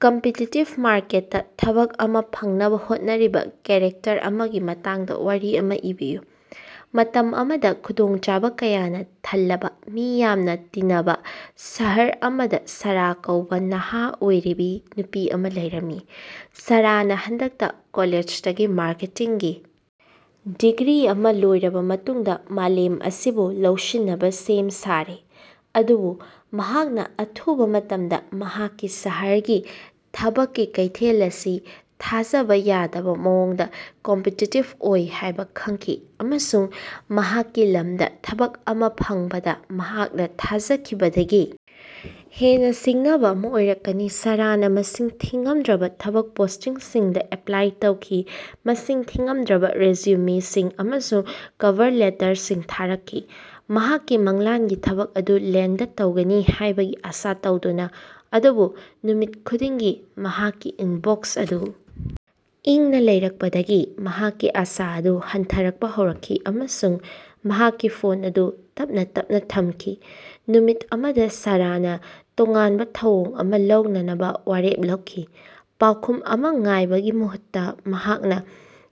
Competitive ꯃꯥꯔꯀꯦꯠꯇ ꯊꯕꯛ ꯑꯃ ꯐꯪꯅꯕ ꯍꯣꯠꯅꯔꯤꯕ ꯀꯦꯔꯦꯛꯇꯔ ꯑꯃꯒꯤ ꯃꯇꯥꯡꯗ ꯋꯥꯔꯤ ꯑꯃ ꯏꯕꯤꯌꯨ꯫ ꯃꯇꯝ ꯑꯃꯗ ꯈꯨꯗꯣꯡꯆꯥꯕ ꯀꯌꯥꯅ ꯊꯜꯂꯕ ꯃꯤ ꯌꯥꯝꯅ ꯇꯤꯅꯕ ꯁꯍꯔ ꯑꯃꯗ ꯁꯥꯔꯥ ꯀꯧꯕ ꯅꯍꯥ ꯑꯣꯏꯔꯤꯕꯤ ꯅꯨꯄꯤ ꯑꯃ ꯂꯩꯔꯝꯃꯤ꯫ ꯁꯥꯔꯥꯅ ꯍꯟꯗꯛꯇ ꯀꯣꯂꯦꯖꯇꯒꯤ ꯃꯥꯔꯀꯦꯇꯤꯡꯒꯤ ꯗꯤꯒ꯭ꯔꯤ ꯑꯃ ꯂꯣꯏꯔꯕ ꯃꯇꯨꯡꯗ ꯃꯥꯂꯦꯝ ꯑꯁꯤꯕꯨ ꯂꯧꯁꯤꯟꯅꯕ ꯁꯦꯝ ꯁꯥꯔꯦ꯫ ꯑꯗꯨꯕꯨ ꯃꯍꯥꯛꯅ ꯑꯊꯨꯕ ꯃꯇꯝꯗ ꯃꯍꯥꯛꯀꯤ ꯁꯍꯔꯒꯤ ꯊꯕꯛꯀꯤ ꯀꯩꯊꯦꯜ ꯑꯁꯤ ꯊꯥꯖꯕ ꯌꯥꯗꯕ ꯃꯑꯣꯡꯗ ꯀꯝꯄꯤꯇꯤꯇꯤꯕ ꯑꯣꯏ ꯍꯥꯢꯕ ꯈꯪꯈꯤ, ꯑꯃꯁꯨꯡ ꯃꯍꯥꯛꯀꯤ ꯂꯝꯗ ꯊꯕꯛ ꯑꯃ ꯐꯪꯕꯗ ꯃꯍꯥꯛꯅ ꯊꯥꯖꯈꯤꯕꯗꯒꯤ ꯍꯦꯟꯅ ꯁꯤꯡꯅꯕ ꯑꯃ ꯑꯣꯏꯔꯛꯀꯅꯤ꯫ ꯁꯥꯔꯥꯅ ꯃꯁꯤꯡ ꯊꯤꯉꯝꯗ꯭ꯔꯕ ꯊꯕꯛ ꯄꯣꯁꯇꯤꯡꯁꯤꯡꯗ ꯑꯦꯞꯄ꯭ꯂꯥꯏ ꯇꯧꯈꯤ, ꯃꯁꯤꯡ ꯊꯤꯉꯝꯗ꯭ꯔꯕ ꯔꯤꯖꯨꯃꯦꯁꯤꯡ ꯑꯃꯁꯨꯡ ꯀꯚꯥꯔ ꯂꯦꯇꯔꯁꯤꯡ ꯊꯥꯔꯛꯈꯤ, ꯃꯍꯥꯛꯀꯤ ꯃꯪꯂꯥꯟꯒꯤ ꯊꯕꯛ ꯑꯗꯨ ꯂꯦꯟꯗ ꯇꯧꯒꯅꯤ ꯍꯥꯢꯕꯒꯤ ꯑꯁꯥ ꯇꯧꯗꯨꯅ꯫ ꯑꯗꯨꯕꯨ ꯅꯨꯃꯤꯠ ꯈꯨꯗꯤꯡꯒꯤ ꯃꯍꯥꯛꯀꯤ ꯏꯟꯕꯣꯛꯁ ꯑꯗꯨ ꯏꯪꯅ ꯂꯩꯔꯛꯄꯗꯒꯤ ꯃꯍꯥꯛꯀꯤ ꯑꯁꯥ ꯑꯗꯨ ꯍꯟꯊꯔꯛꯄꯥ ꯍꯧꯔꯛꯈꯤ, ꯑꯃꯁꯨꯡ ꯃꯍꯥꯛꯀꯤ ꯐꯣꯟ ꯑꯗꯨ ꯇꯞꯅꯥ ꯇꯞꯅꯥ ꯊꯝꯈꯤ꯫ ꯅꯨꯃꯤꯠ ꯑꯃꯗ ꯁꯥꯔꯥꯅ ꯇꯣꯉꯥꯟꯕ ꯊꯧꯑꯣꯡ ꯑꯃ ꯂꯧꯅꯕ ꯋꯥꯔꯦꯞ ꯂꯧꯈꯤ꯫ ꯄꯥꯎꯈꯨꯝ ꯑꯃ ꯉꯥꯏꯕꯒꯤ ꯃꯍꯨꯠꯇ ꯃꯍꯥꯛꯅ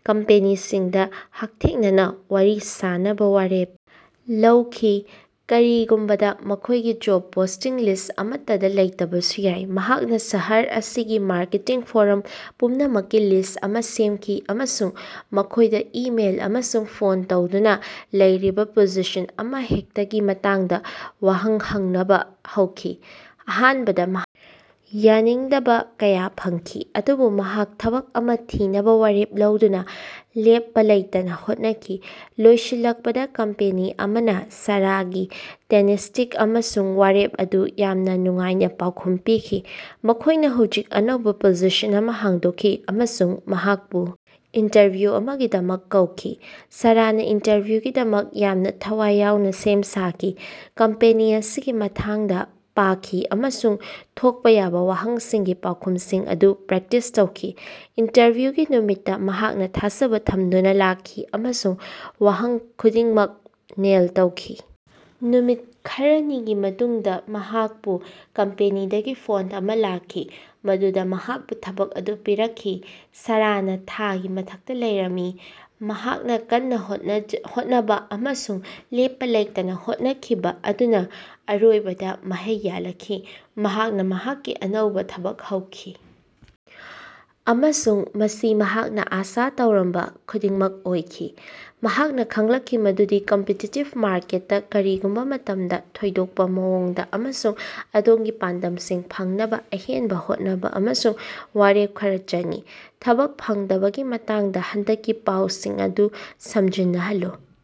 ꯀꯝꯄꯦꯅꯤꯁꯤꯡꯗ ꯍꯛꯊꯦꯡꯅꯅꯥ ꯋꯥꯔꯤ ꯁꯥꯅꯕ ꯋꯥꯔꯦꯞ ꯂꯧꯈꯤ꯫ ꯀꯔꯤꯒꯨꯝꯕ ꯃꯈꯣꯢꯒꯤ ꯖꯣꯕ ꯄꯣꯁꯇꯤꯡ ꯂꯤꯁ ꯑꯃꯠꯇ ꯂꯩꯇꯕꯁꯨ ꯌꯥꯏ꯫ ꯃꯍꯥꯛꯅ ꯁꯍꯔ ꯑꯁꯤꯒꯤ ꯃꯥꯔꯀꯦꯇꯤꯡ ꯐꯣꯔꯝ ꯄꯨꯝꯅꯃꯛꯀꯤ ꯂꯤꯁ ꯑꯃ ꯁꯦꯝꯈꯤ ꯑꯃꯁꯨꯡ ꯃꯈꯣꯢꯗ ꯏꯃꯦꯜ ꯑꯃꯁꯨꯡ ꯐꯣꯟ ꯇꯧꯗꯨꯅ ꯂꯩꯔꯤꯕ ꯄꯣꯖꯤꯁꯟ ꯑꯃꯍꯦꯛꯇꯒꯤ ꯃꯇꯥꯡꯗ ꯋꯍꯪ ꯍꯪꯅꯕ ꯍꯧꯈꯤ꯫ ꯑꯍꯥꯟꯕꯗ ꯃꯍꯥꯛꯄꯨ ꯌꯥꯅꯤꯡꯗꯕꯥ ꯀꯌꯥ ꯐꯪꯈꯤ꯫ ꯑꯗꯨꯕꯨ ꯃꯍꯥꯛ ꯊꯕꯛ ꯑꯃ ꯊꯤꯅꯕ ꯋꯥꯔꯦꯞ ꯂꯧꯗꯨꯅ ꯂꯦꯞꯄ ꯂꯩꯇꯅ ꯍꯣꯠꯅꯈꯤ꯫ ꯂꯣꯏꯁꯤꯜꯂꯛꯄꯗ ꯀꯝꯄꯦꯅꯤ ꯑꯃꯅ ꯁꯥꯔꯥꯒꯤ ꯇꯦꯅꯥꯁꯤꯇꯤ ꯑꯃꯁꯨꯡ ꯋꯥꯔꯦꯞ ꯑꯗꯨꯅ ꯌꯥꯝꯅ ꯅꯨꯡꯉꯥꯏꯅ ꯄꯥꯎꯈꯨꯝ ꯄꯤꯈꯤ꯫ ꯃꯈꯣꯢꯅ ꯍꯧꯖꯤꯛ ꯑꯅꯧꯕ ꯄꯣꯖꯤꯁꯟ ꯑꯃ ꯍꯥꯡꯗꯣꯛꯈꯤ ꯑꯃꯁꯨꯡ ꯃꯍꯥꯛꯄꯨ ꯏꯟꯇꯔꯚ꯭ꯌꯨ ꯑꯃꯒꯤꯗꯃꯛ ꯀꯧꯈꯤ꯫ ꯁꯥꯔꯥꯅ ꯏꯟꯇꯔꯚ꯭ꯌꯨꯒꯤꯗꯃꯛ ꯌꯥꯝꯅ ꯊꯋꯥꯏ ꯌꯥꯎꯅ ꯁꯦꯝ ꯁꯥꯈꯤ꯫ ꯀꯝꯄꯦꯅꯤ ꯑꯁꯤꯒꯤ ꯃꯇꯥꯡꯗ ꯄꯥꯈꯤ ꯑꯃꯁꯨꯡ ꯊꯣꯛꯄꯥ ꯌꯥꯕ ꯋꯥꯍꯪꯁꯤꯡꯒꯤ ꯄꯥꯎꯈꯨꯃꯁꯤꯡ ꯑꯗꯨ ꯄ꯭ꯔꯦꯛꯇꯤꯁ ꯇꯧꯈꯤ꯫ ꯏꯟꯇꯔꯚ꯭ꯌꯨꯒꯤ ꯅꯨꯃꯤꯠꯇ ꯃꯍꯥꯛꯅ ꯊꯥꯖꯕ ꯊꯝꯗꯨꯅ ꯂꯥꯛꯈꯤ, ꯑꯃꯁꯨꯡ ꯋꯥꯍꯪ ꯈꯨꯗꯤꯡꯃꯛ ꯅꯦꯜ ꯇꯧꯈꯤ꯫ ꯅꯨꯃꯤꯠ ꯈꯔꯥꯅꯤꯒꯤ ꯃꯇꯨꯡꯗ ꯃꯍꯥꯛꯄꯨ ꯀꯝꯄꯦꯅꯤꯗꯒꯤ ꯐꯣꯟ ꯑꯃ ꯂꯥꯛꯈꯤ꯫ ꯃꯗꯨꯗ ꯃꯍꯥꯛꯄꯨ ꯊꯕꯛ ꯑꯗꯨ ꯄꯤꯔꯛꯈꯤ꯫ ꯁꯥꯔꯥꯅ ꯊꯥꯒꯤ ꯃꯊꯛꯇ ꯂꯩꯔꯝꯃꯤ, ꯃꯍꯥꯛꯀꯤ ꯀꯟꯅ ꯍꯣꯠꯅꯕ ꯑꯃꯁꯨꯡ ꯂꯦꯞꯄ ꯂꯩꯇꯅ ꯍꯣꯠꯅꯈꯤꯕ ꯑꯗꯨꯅ ꯑꯔꯣꯏꯕꯗ ꯃꯍꯩ ꯌꯥꯜꯂꯛꯈꯤ꯫ ꯃꯍꯥꯛꯅ ꯃꯍꯥꯛꯀꯤ ꯑꯅꯧꯕ ꯊꯕꯛ ꯍꯧꯈꯤ, ꯑꯃꯁꯨꯡ ꯃꯁꯤ ꯃꯍꯥꯛꯅ ꯑꯁꯥ ꯇꯧꯔꯝꯕ ꯈꯨꯗꯤꯡꯃꯛ ꯑꯣꯏꯈꯤ꯫ ꯃꯍꯥꯛꯅ ꯈꯪꯂꯛꯈꯤ ꯃꯗꯨꯗꯤ, ꯀꯝꯄꯤꯇꯤꯇꯤꯕ ꯃꯥꯔꯀꯦꯠꯇ, ꯀꯔꯤꯒꯨꯝꯕ ꯃꯇꯝꯗ ꯊꯣꯏꯗꯣꯛꯄ ꯃꯑꯣꯡꯗ ꯑꯃꯁꯨꯡ ꯑꯗꯣꯝꯒꯤ ꯄꯥꯟꯗꯝꯁꯤꯡ ꯐꯪꯅꯕ ꯑꯍꯦꯟꯕ ꯍꯣꯠꯅꯕ ꯑꯃꯁꯨꯡ ꯋꯥꯔꯦꯞ ꯈꯔꯥ ꯆꯪꯏ꯫ ꯊꯕꯛ ꯐꯪꯗꯕꯒꯤ ꯃꯇꯥꯡꯗ ꯍꯟꯗꯛꯀꯤ ꯄꯥꯎꯁꯤꯡ ꯑꯗꯨ ꯁꯝꯖꯤꯟꯅꯍꯜꯂꯨ꯫